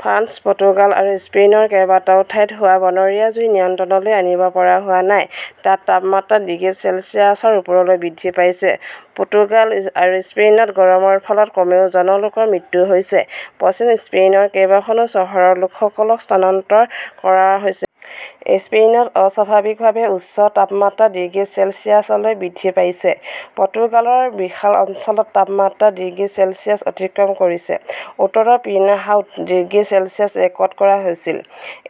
France, Portugal আৰু স্পেইনৰ কেইবাটাও ঠাইত হোৱা বনৰীয়া জুই নিয়ন্ত্ৰণলৈ আনিব পৰা হোৱা নাই। তাত তাপমাত্ৰা ডিগ্ৰী চেলছিয়াছৰ ওপৰলৈ বৃদ্ধি পাইছে। পোৰ্টুগাল আৰু স্পেনত গৰমৰ ফলত কমেও জন লোকৰ মৃত্যু হৈছে। পশ্চিম স্পেইনৰ কেইবাখনো চহৰৰ লোকসকলক স্থানান্তৰ কৰা হৈছে। স্পেইনত অস্বাভাৱিকভাৱে উচ্চ তাপমাত্ৰা ডিগ্ৰী চেলছিয়াছলৈ বৃদ্ধি পাইছে। পৰ্তুগালৰ বিশাল অঞ্চলত তাপমাত্ৰা ডিগ্ৰী চেলছিয়াছ অতিক্ৰম কৰিছে। উত্তৰৰ পিনহাওত ডিগ্ৰী চেলছিয়াছ ৰেকৰ্ড কৰা হৈছিল।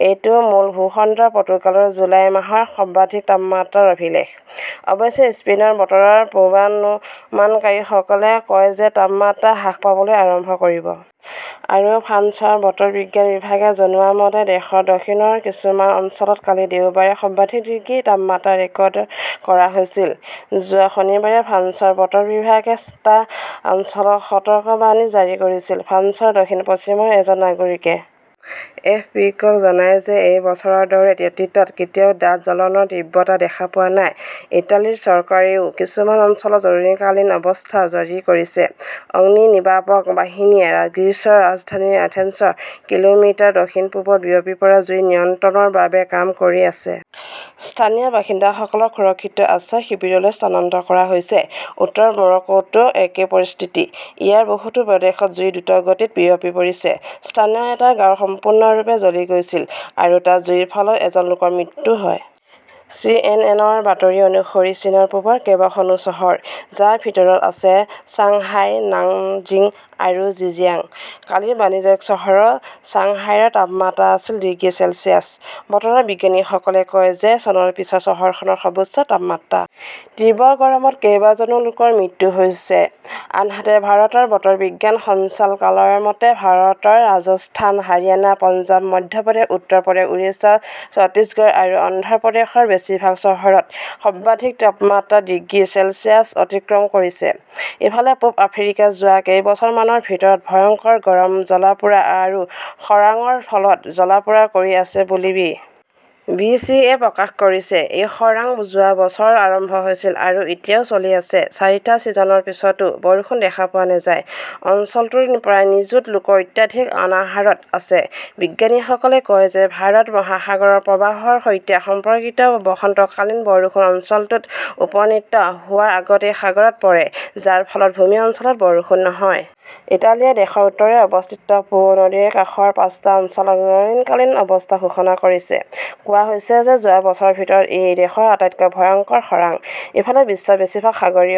এইটো মূল ভূখণ্ড পৰ্তুগালৰ জুলাই মাহৰ সৰ্বাধিক তাপমাত্ৰাৰ অভিলেখ। অৱশ্যে, স্পেইনৰ বতৰৰ পূৰ্বানুমানকাৰীসকলে কয় যে তাপমাত্ৰা হ্ৰাস পাবলৈ আৰম্ভ কৰিব। আৰু ফ্ৰান্সৰ বতৰ বিজ্ঞান বিভাগে জনোৱা মতে, দেশৰ দক্ষিণৰ কিছুমান অঞ্চলত কালি দেওবাৰে সৰ্বাধিক ডিগ্ৰী তাপমাত্ৰা ৰেকৰ্ড কৰা হৈছিল। যোৱা শনিবাৰে ফ্ৰান্সৰ বতৰ বিভাগে টা অঞ্চলত সতৰ্কবাণী জাৰি কৰিছিল। ফ্ৰান্সৰ দক্ষিণ-পশ্চিমৰ এজন নাগৰিকে এ. এফ. পি. -ক জনায় যে এই বছৰৰ দৰে অতীতত কেতিয়াও ডাঠ জ্বলনৰ তীব্ৰতা দেখা পোৱা নাই। ইটালীৰ চৰকাৰেও কিছুমান অঞ্চলত জৰুৰীকালীন অৱস্থা জাৰি কৰিছে। অগ্নিনিৰ্বাপক বাহিনীয়ে গ্ৰীচৰ ৰাজধানী এথেন্সৰ কিলোমিটাৰ দক্ষিণ-পূবত বিয়পি পৰা জুই নিয়ন্ত্ৰণৰ বাবে কাম কৰি আছে। স্থানীয় বাসিন্দাসকলক সুৰক্ষিত আশ্ৰয় শিবিৰলৈ স্থানান্তৰ কৰা হৈছে। উত্তৰ মৰক্কোতো একেই পৰিস্থিতি। ইয়াৰ বহুতো প্ৰদেশত জুই দ্ৰুতগতিত বিয়পি পৰিছে। স্থানীয় এটা গাঁৱ সম্পূৰ্ণৰূপে জ্বলি গৈছিল। আৰু তাত জুইৰ ফলত এজন লোকৰ মৃত্যু হয়। চি. এন. এন. -ৰ বাতৰি অনুসৰি, চীনৰ পূবৰ কেইবাখনো চহৰ, যাৰ ভিতৰত আছে চাংহাই, নানজিং আৰু জিজিয়াং। কালি বাণিজ্যিক চহৰ চাংহাইৰ তাপমাত্ৰা আছিল ডিগ্ৰী চেলছিয়াছ। বতৰ বিজ্ঞানীসকলে কয় যে চনৰ পিছত চহৰখনৰ সৰ্বোচ্চ তাপমাত্ৰা। তীব্ৰ গৰমত কেইবাজনো লোকৰ মৃত্যুও হৈছে। আনহাতে ভাৰতৰ বতৰ বিজ্ঞান সঞ্চালকালয়ৰ মতে, ভাৰতৰ ৰাজস্থান, হাৰিয়ানা, পঞ্জাৱ, মধ্যপ্ৰদেশ, উত্তৰ প্ৰদেশ, উৰিষ্যা, ছত্তীশগড় আৰু অন্ধ্ৰ প্ৰদেশৰ বেছিভাগ চহৰত সৰ্বাধিক তাপমাত্ৰা ডিগ্ৰী চেলছিয়াছ অতিক্ৰম কৰিছে। ইফালে, পূব আফ্ৰিকা যোৱা কেইবছৰমানৰ ভিতৰত ভয়ংকৰ গৰম জ্বলা-পোৰা আৰু খৰাংৰ ফলত জ্বলা-পোৰা কৰি আছে বুলি বি. বি. চি. -য়ে প্ৰকাশ কৰিছে। এই খৰাং যোৱা বছৰ আৰম্ভ হৈছিল আৰু এতিয়াও চলি আছে। চাৰিটা ছিজনৰ পিছতো বৰষুণ দেখা পোৱা নাযায়। অঞ্চলটোৰ প্ৰায় নিযুত লোক অত্যাধিক অনাহাৰত আছে। বিজ্ঞানীসকলে কয় যে ভাৰত মহাসাগৰৰ প্ৰবাহৰ সৈতে সম্পৰ্কিত বসন্তকালীন বৰষুণ অঞ্চলটোত উপনীত হোৱাৰ আগতেই সাগৰত পৰে, যাৰ ফলত ভূমি অঞ্চলত বৰষুণ নহয়। ইটালীয়ে দেশৰ উত্তৰে অৱস্থিত 'পো "নদীৰ কাষৰ পাঁচটা অঞ্চলত জৰুৰীকালীন অৱস্থা ঘোষণা কৰিছে। কোৱা হৈছে যে যোৱা বছৰৰ ভিতৰত ই দেশৰ আটাইতকৈ ভয়ংকৰ খৰাং। ইফালে, বিশ্বৰ বেছিভাগ সাগৰীয়